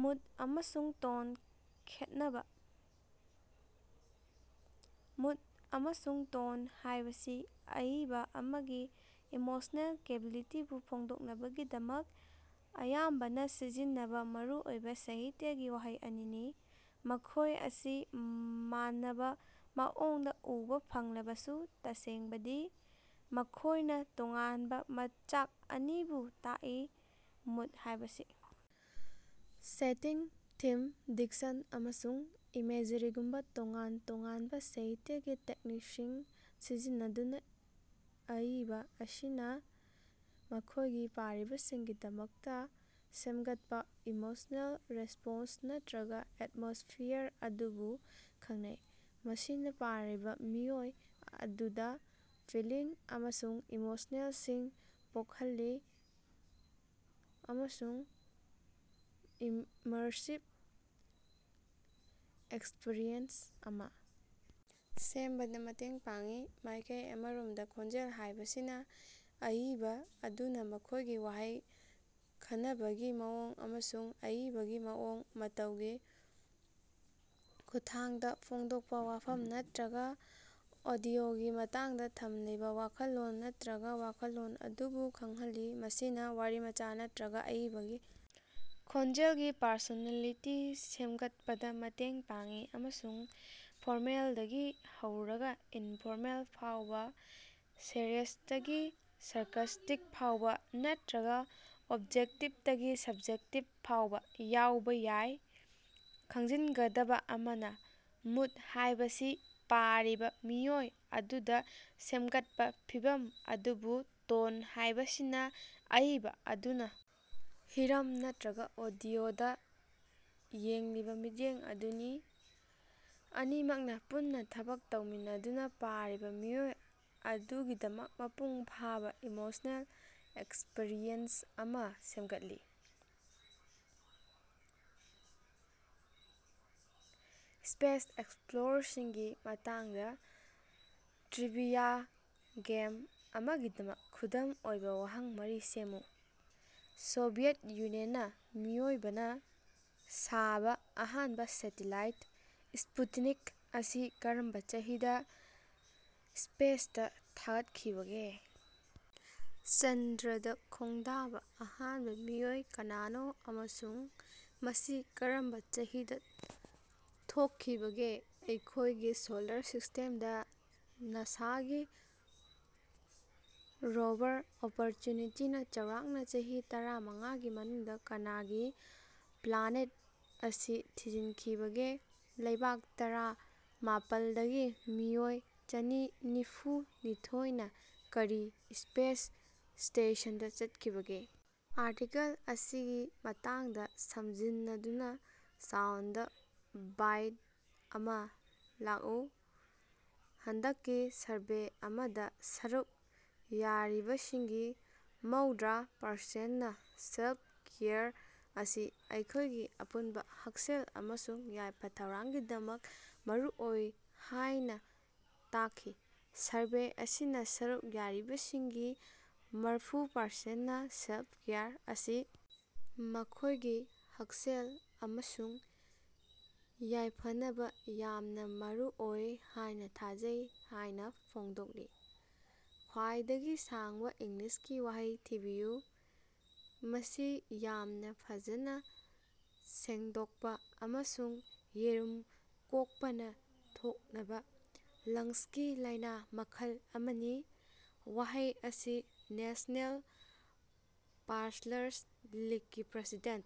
Mood ꯑꯃꯁꯨꯡ tone ꯈꯦꯠꯅꯕ꯫ Mood ꯑꯃꯁꯨꯡ ꯇꯣꯟ ꯍꯥꯏꯕꯁꯤ ꯑꯏꯕ ꯑꯃꯒꯤ ꯏꯃꯣꯁꯅꯦꯜ ꯀ꯭ꯕꯂꯤꯇꯤꯕꯨ ꯐꯣꯡꯗꯣꯛꯅꯕꯒꯤꯗꯃꯛ ꯑꯌꯥꯝꯕꯅ ꯁꯤꯖꯤꯟꯅꯕ ꯃꯔꯨꯑꯣꯏꯕ ꯁꯥꯍꯤꯠꯌꯒꯤ ꯋꯥꯍꯩ ꯑꯅꯤꯅꯤ꯫ ꯃꯈꯣꯏ ꯑꯁꯤ ꯃꯥꯟꯅꯕ ꯃꯑꯣꯡꯗ ꯎꯕꯥ ꯐꯪꯂꯕꯁꯨ, ꯇꯁꯦꯡꯕꯗꯤ ꯃꯈꯣꯏꯅ ꯇꯣꯉꯥꯟꯕ ꯃꯆꯥꯛ ꯑꯅꯤꯕꯨ ꯇꯥꯛꯏ꯫ ꯃꯨꯗ ꯍꯥꯌꯕꯁꯤ ꯁꯦꯇꯤꯡ, ꯊꯤꯝ, ꯗꯤꯛꯁꯟ ꯑꯃꯁꯨꯡ ꯏꯃꯦꯖꯔꯤꯒꯨꯝꯕ ꯇꯣꯉꯥꯟ ꯇꯣꯉꯥꯟꯕ ꯁꯥꯍꯤꯠꯌꯒꯤ ꯇꯦꯛꯅꯤꯛꯁꯤꯡ ꯁꯤꯖꯤꯟꯅꯗꯨꯅ ꯑꯏꯕ ꯑꯁꯤꯅ ꯃꯈꯣꯏꯒꯤ ꯄꯥꯔꯤꯕꯁꯤꯡꯒꯤꯗꯃꯛꯇ ꯁꯦꯝꯒꯠꯄ ꯏꯃꯣꯁꯅꯦꯜ ꯔꯦꯁ꯭ꯄꯣꯟꯁ ꯅꯠꯔꯒ ꯑꯦꯠꯃꯣꯁ꯭ꯐꯤꯌꯥꯔ ꯑꯗꯨꯕꯨ ꯈꯡꯅꯩ꯫ ꯃꯁꯤꯅꯥ ꯄꯥꯔꯤꯕ ꯃꯤꯑꯣꯏ ꯑꯗꯨꯗ ꯐꯤꯜꯂꯤꯡ ꯑꯃꯁꯨꯡ ꯏꯃꯣꯁꯅꯦꯜꯁꯤꯡ ꯄꯣꯈꯜꯂꯤ ꯑꯃꯁꯨꯡ ꯏꯃꯔꯁꯤꯕ ꯑꯦꯛꯁꯄꯤꯔꯤꯑꯦꯟꯁ ꯑꯃ ꯁꯦꯝꯕꯗ ꯃꯇꯦꯡ ꯄꯥꯡꯏ꯫ ꯃꯥꯏꯀꯩ ꯑꯃꯔꯣꯃꯗ ꯈꯣꯟꯖꯦꯜ ꯍꯥꯏꯕꯁꯤꯅ ꯑꯏꯕ ꯑꯗꯨꯅ ꯃꯈꯣꯏꯒꯤ ꯋꯥꯍꯩ ꯈꯅꯕꯒꯤ ꯃꯑꯣꯡ ꯑꯃꯁꯨꯡ ꯑꯏꯕꯒꯤ ꯃꯑꯣꯡ ꯃꯇꯧꯒꯤ ꯈꯨꯠꯊꯥꯡꯗꯥ ꯐꯣꯡꯗꯣꯀꯄ ꯋꯥꯐꯝ ꯅꯠꯔꯒ ꯑꯣꯗꯤꯑꯣꯒꯤ ꯃꯇꯥꯡꯗ ꯊꯝꯂꯤꯕ ꯋꯥꯈꯜꯂꯣꯟ ꯅꯠꯔꯒ ꯋꯥꯈꯜꯂꯣꯟ ꯑꯗꯨꯕꯨ ꯈꯡꯍꯜꯂꯤ꯫ ꯃꯁꯤꯅ ꯋꯥꯔꯤꯃꯆꯥ ꯅꯠꯔꯒ ꯑꯏꯕꯒꯤ ꯈꯣꯟꯖꯦꯜꯒꯤ ꯄꯔꯁꯣꯅꯦꯂꯤꯇꯤ ꯁꯦꯝꯒꯠꯄꯗ ꯃꯇꯦꯡ ꯄꯥꯡꯏ ꯑꯃꯁꯨꯡ ꯐꯣꯔꯃꯦꯜꯗꯒꯤ ꯍꯧꯔꯒꯥ ꯏꯟꯐꯣꯔꯃꯦꯜ ꯐꯥꯎꯕ, ꯁꯤꯔꯤꯌꯁꯇꯒꯤ ꯁꯥꯔꯀꯥꯁ꯭ꯇꯤꯛ ꯐꯥꯎꯕ, ꯅꯠꯔꯒ ꯑꯣꯕꯖꯦꯛꯇꯤꯞꯇꯒꯤ ꯁꯕ꯭ꯖꯦꯛꯇꯤꯞ ꯐꯥꯎꯕ ꯌꯥꯎꯕ ꯌꯥꯏ꯫ ꯈꯪꯖꯤꯟꯒꯗꯕ ꯑꯃꯅ, ꯃꯨꯗ ꯍꯥꯏꯕꯁꯤ ꯄꯥꯔꯤꯕꯥ ꯃꯤꯑꯣꯏ ꯑꯗꯨꯗ ꯁꯦꯝꯒꯠꯄ ꯐꯤꯚꯝ ꯑꯗꯨꯕꯨ ꯇꯣꯟ ꯍꯥꯏꯕꯁꯤꯅ ꯑꯏꯕ ꯑꯗꯨꯅ ꯍꯤꯔꯝ ꯅꯠꯔꯒ ꯑꯣꯗꯤꯑꯣꯗ ꯌꯦꯡꯂꯤꯕ ꯃꯤꯠꯌꯦꯡ ꯑꯗꯨꯅꯤ꯫ ꯑꯅꯤꯃꯛꯅꯥ ꯄꯨꯟꯅ ꯊꯕꯛ ꯇꯧꯃꯤꯟꯅꯗꯨꯅ ꯄꯥꯔꯤꯕ ꯃꯤꯑꯣꯏ ꯑꯗꯨꯒꯤꯗꯃꯛ ꯃꯄꯨꯡ ꯐꯥꯕ ꯏꯃꯣꯁꯅꯦꯜ ꯑꯦꯛꯁꯄꯔꯤꯑꯦꯟꯁ ꯑꯃꯥ ꯁꯦꯝꯒꯠꯂꯤ꯫ ꯁ꯭ꯄꯦꯁ ꯑꯦꯛꯁꯞꯂꯣꯔꯦꯁꯉꯤ ꯃꯇꯥꯡꯗ ꯇ꯭ꯔꯤꯕꯤꯌꯥ ꯒꯦꯝ ꯑꯃꯒꯤꯗꯃꯛ ꯈꯨꯗꯝ ꯑꯣꯏꯕ ꯋꯥꯍꯪ ꯃꯔꯤ ꯁꯦꯝꯃꯨ꯫ ꯁꯣꯚꯤꯌꯦꯠ ꯌꯨꯅꯤꯌꯟꯅ ꯃꯤꯑꯣꯏꯕꯅ ꯁꯥꯕ ꯑꯍꯥꯟꯕ ꯁꯦꯇꯦꯂꯥꯏꯠ ꯁ꯭ꯄꯨꯇꯅꯤꯛ ꯑꯁꯤ ꯀꯔꯝꯕ ꯆꯍꯤꯗ ꯁ꯭ꯄꯦꯁꯇ ꯊꯥꯗꯣꯛꯈꯤꯕꯒꯦ? ꯆꯟꯗ꯭ꯔꯗ ꯈꯣꯡꯗꯥꯕ ꯑꯍꯥꯟꯕ ꯃꯤꯑꯣꯏ ꯀꯅꯥꯅꯣ ꯑꯃꯁꯨꯡ ꯃꯁꯤ ꯀꯔꯝꯕꯥ ꯆꯍꯤꯗꯥ ꯊꯣꯀꯈꯤꯕꯒꯦ? ꯑꯩꯈꯣꯏꯒꯤ ꯁꯣꯂꯥꯔ ꯁꯤꯁ꯭ꯇꯦꯝꯗ ꯅꯥꯁꯥꯒꯤ ꯔꯣꯚꯥꯔ, ꯑꯣꯄꯔꯆ꯭ꯌꯨꯅꯤꯇꯤꯅꯥ ꯆꯥꯎꯔꯥꯛꯅ ꯆꯍꯤ ꯇꯔꯥ ꯃꯉꯥꯒꯤ ꯃꯅꯨꯡꯗꯥ ꯀꯅꯥꯒꯤ ꯄ꯭ꯂꯥꯅꯦꯠ ꯑꯁꯤ ꯊꯤꯖꯤꯟꯈꯤꯕꯒꯦ? ꯂꯩꯕꯥꯛ ꯇꯔꯥ ꯃꯥꯄꯜꯗꯒꯤ ꯃꯤꯑꯣꯏ ꯆꯅꯤ ꯅꯤꯐꯨ ꯅꯤꯊꯣꯏꯅ ꯀꯔꯤ ꯁ꯭ꯄꯦꯁ ꯁ꯭ꯇꯦꯁꯟꯗ ꯆꯠꯈꯤꯕꯒꯦ? ꯑꯥꯔꯇꯤꯀꯜ ꯑꯁꯤꯒꯤ ꯃꯇꯥꯡꯗ ꯁꯝꯖꯤꯟꯅꯗꯨꯅ ꯁꯥꯎꯟꯗ ꯕꯥꯏꯠ ꯑꯃꯥ ꯂꯥꯛꯎ꯫ ꯍꯟꯗꯛꯀꯤ ꯁꯔꯚꯦ ꯑꯃꯗ ꯁꯔꯨꯛ ꯌꯥꯔꯤꯕꯁꯤꯡꯒꯤ ꯃꯧꯗꯔꯥ ꯄꯔꯁꯦꯟꯅ ꯁꯦꯜꯐ-ꯀꯦꯌꯔ ꯑꯁꯤ ꯃꯈꯣꯏꯒꯤ ꯑꯄꯨꯟꯕ ꯍꯛꯁꯦꯜ ꯑꯃꯁꯨꯡ ꯌꯥꯏꯐ-ꯊꯧꯔꯥꯡꯒꯤꯗꯃꯛ ꯃꯔꯨꯑꯣꯏ ꯍꯥꯏꯅ ꯇꯥꯛꯈꯤ꯫ ꯁꯔꯚꯦ ꯑꯁꯤꯅ ꯁꯔꯨꯛ ꯌꯥꯔꯤꯕꯁꯤꯡꯒꯤ ꯃꯥꯔꯐꯨ ꯄꯔꯁꯦꯟꯅ ꯁꯦꯜꯐ-ꯀꯦꯌꯔ ꯑꯁꯤ ꯃꯈꯣꯏꯒꯤ ꯍꯛꯁꯦꯜ ꯑꯃꯁꯨꯡ ꯌꯥꯏꯐꯅꯕ ꯌꯥꯝꯅꯥ ꯃꯔꯨꯑꯣꯏ ꯍꯥꯏꯅ ꯊꯥꯖꯩ ꯍꯥꯏꯅ ꯐꯣꯡꯗꯣꯛꯂꯤ꯫ ꯈ꯭ꯋꯥꯏꯗꯒꯤ ꯁꯥꯡꯕ ꯏꯪꯂꯤꯁꯀꯤ ꯋꯥꯍꯩ ꯊꯤꯕꯤꯌꯨ꯫ ꯃꯁꯤ ꯌꯥꯝꯅ ꯐꯖꯅ ꯁꯦꯡꯗꯣꯛꯄꯥ ꯑꯃꯁꯨꯡ ꯌꯦꯔꯨꯝ ꯀꯣꯛꯄꯅ ꯊꯣꯛꯅꯕ ꯂꯪꯁꯀꯤ ꯂꯥꯏꯅ ꯃꯈꯜ ꯑꯃꯅꯤ꯫ ꯋꯥꯍꯩ ꯑꯁꯤ ꯅꯦꯁꯅꯦꯜ ꯄꯥꯖꯂꯔꯁ ꯂꯤꯛꯀꯤ ꯄ꯭ꯔꯦꯁꯤꯗꯦꯟꯠ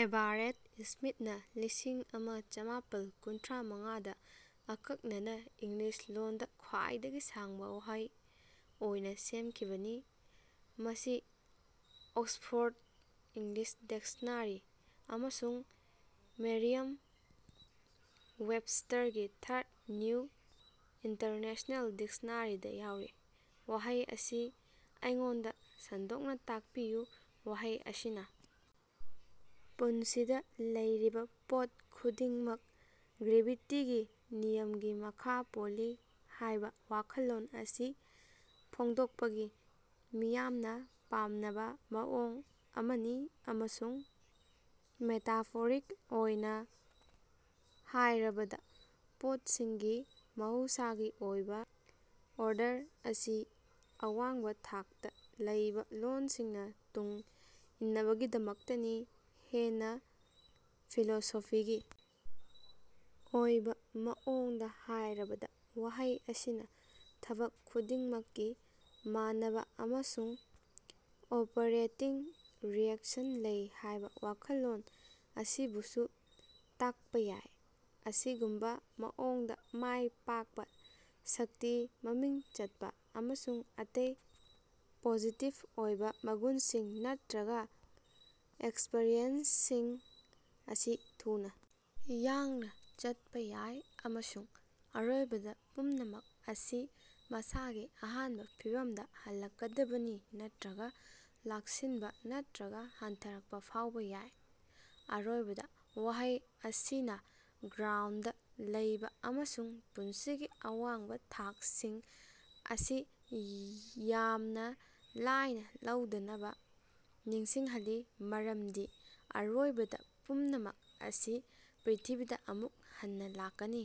ꯑꯦꯚꯥꯔꯦꯠ ꯁ꯭ꯃꯤꯊꯅꯥ ꯂꯤꯁꯤꯡ ꯑꯃ ꯆꯃꯥꯄꯟ ꯀꯨꯟꯊꯔ ꯃꯉꯥꯗ ꯑꯀꯛꯅꯅ ꯏꯪꯂꯤꯁ ꯂꯣꯟꯗ ꯈ꯭ꯋꯥꯏꯗꯒꯤ ꯁꯥꯡꯕ ꯋꯥꯍꯩ ꯑꯣꯏꯅ ꯁꯦꯝꯈꯤꯕꯅꯤ꯫ ꯃꯁꯤ ꯑꯣꯛꯁꯐꯣꯔꯗ ꯏꯪꯂꯤꯁ ꯗꯤꯛꯁꯅꯥꯔꯤ ꯑꯃꯁꯨꯡ ꯃꯦꯔꯤꯌꯝ-ꯋꯦꯕꯁ꯭ꯇꯔꯒꯤ ꯊꯥꯔꯗ ꯅ꯭ꯌꯨ ꯏꯟꯇꯔꯅꯦꯁ꯭ꯅꯦꯜ ꯗꯤꯛꯁꯅꯥꯔꯤꯗꯥ ꯌꯥꯎꯔꯤ꯫ ꯋꯥꯍꯩ ꯑꯁꯤ ꯑꯩꯉꯣꯟꯗ ꯁꯟꯗꯣꯛꯅ ꯇꯥꯛꯄꯤꯌꯨ꯫ ꯋꯥꯍꯩ ꯑꯁꯤꯅ ꯄꯨꯟꯁꯤꯗ ꯂꯩꯔꯤꯕ ꯄꯣꯠ ꯈꯨꯗꯤꯡꯃꯛ ꯒ꯭ꯔꯦꯚꯤꯇꯤꯒꯤ ꯅꯤꯌꯝꯒꯤ ꯃꯈꯥ ꯄꯣꯜꯂꯤ ꯍꯥꯏꯕ ꯋꯥꯈꯜꯂꯣꯟ ꯑꯁꯤ ꯐꯣꯡꯗꯣꯛꯄꯒꯤ ꯃꯤꯌꯥꯝꯅ ꯄꯥꯝꯅꯕ ꯃꯑꯣꯡ ꯑꯃꯅꯤ ꯑꯃꯁꯨꯡ ꯃꯦꯇꯥꯐꯣꯔꯤꯛ ꯑꯣꯏꯅ ꯍꯥꯏꯔꯕꯗ ꯄꯣꯠꯁꯤꯡꯒꯤ ꯃꯍꯧꯁꯥꯒꯤ ꯑꯣꯏꯕ ꯑꯣꯔꯗꯔ ꯑꯁꯤ ꯑꯋꯥꯡꯕ ꯊꯥꯛꯇ ꯂꯩꯕ ꯂꯣꯁꯤꯡꯅ ꯇꯨꯡ ꯏꯟꯅꯕꯒꯤꯗꯃꯛꯇꯅꯤ꯫ ꯍꯦꯟꯅ ꯐꯤꯂꯣꯁꯣꯐꯤꯒꯤ ꯑꯣꯏꯕ ꯃꯑꯣꯡꯗꯥ ꯍꯥꯏꯔꯕꯗ, ꯋꯥꯍꯩ ꯑꯁꯤꯅ ꯊꯕꯛ ꯈꯨꯗꯤꯡꯃꯛꯀꯤ ꯃꯥꯟꯅꯕ ꯑꯃꯁꯨꯡ ꯑꯣꯄꯔꯦꯇꯤꯡ ꯔꯤꯑꯦꯛꯁꯟ ꯂꯩ ꯍꯥꯏꯕ ꯋꯥꯈꯜꯂꯣꯟ ꯑꯁꯤꯕꯨꯁꯨ ꯇꯥꯛꯄ ꯌꯥꯏ꯫ ꯑꯁꯤꯒꯨꯝꯕ ꯃꯑꯣꯡꯗ, ꯃꯥꯏ ꯄꯥꯛꯄ, ꯁꯛꯇꯤ, ꯃꯃꯤꯡ ꯆꯠꯄ, ꯑꯃꯁꯨꯡ ꯑꯇꯩ ꯄꯣꯖꯤꯇꯤꯚ ꯑꯣꯏꯕ ꯃꯒꯨꯟꯁꯤꯡ ꯅꯠꯇꯔꯒ ꯑꯦꯛꯁꯄꯔꯤꯌꯦꯟꯁꯁꯤꯡ ꯑꯁꯤ ꯊꯨꯅ ꯌꯥꯡꯅ ꯆꯠꯄ ꯌꯥꯏ, ꯑꯃꯁꯨꯡ ꯑꯔꯣꯏꯕꯗ ꯄꯨꯝꯅꯃꯛ ꯑꯁꯤ ꯃꯁꯥꯒꯤ ꯑꯍꯥꯟꯕ ꯐꯤꯚꯝꯗ ꯍꯜꯂꯛꯀꯗꯕꯅꯤ, ꯅꯠꯇꯔꯒ ꯂꯥꯛꯁꯤꯟꯕ ꯅꯠꯇꯔꯒ ꯍꯟꯊꯔꯀꯄ ꯐꯥꯎꯕ ꯌꯥꯏ꯫ ꯑꯔꯣꯏꯕꯗ, ꯋꯥꯍꯩ ꯑꯁꯤꯅ ꯒ꯭ꯔꯥꯎꯟꯗꯗ ꯂꯩꯕ ꯑꯃꯁꯨꯡ ꯄꯨꯟꯁꯤꯒꯤ ꯑꯋꯥꯡꯕ ꯊꯥꯛꯁꯤꯡ ꯑꯁꯤ ꯌꯥꯝꯅ ꯂꯥꯏꯅ ꯂꯧꯗꯅꯕ ꯅꯤꯡꯁꯤꯡꯍꯜꯂꯤ, ꯃꯔꯝꯗꯤ, ꯑꯔꯣꯏꯕꯗ, ꯄꯨꯝꯅꯃꯛ ꯑꯁꯤ ꯄ꯭ꯔ꯭ꯤꯊꯤꯕꯤꯗ ꯑꯃꯨꯛ ꯍꯟꯅ ꯂꯥꯛꯀꯅꯤ꯫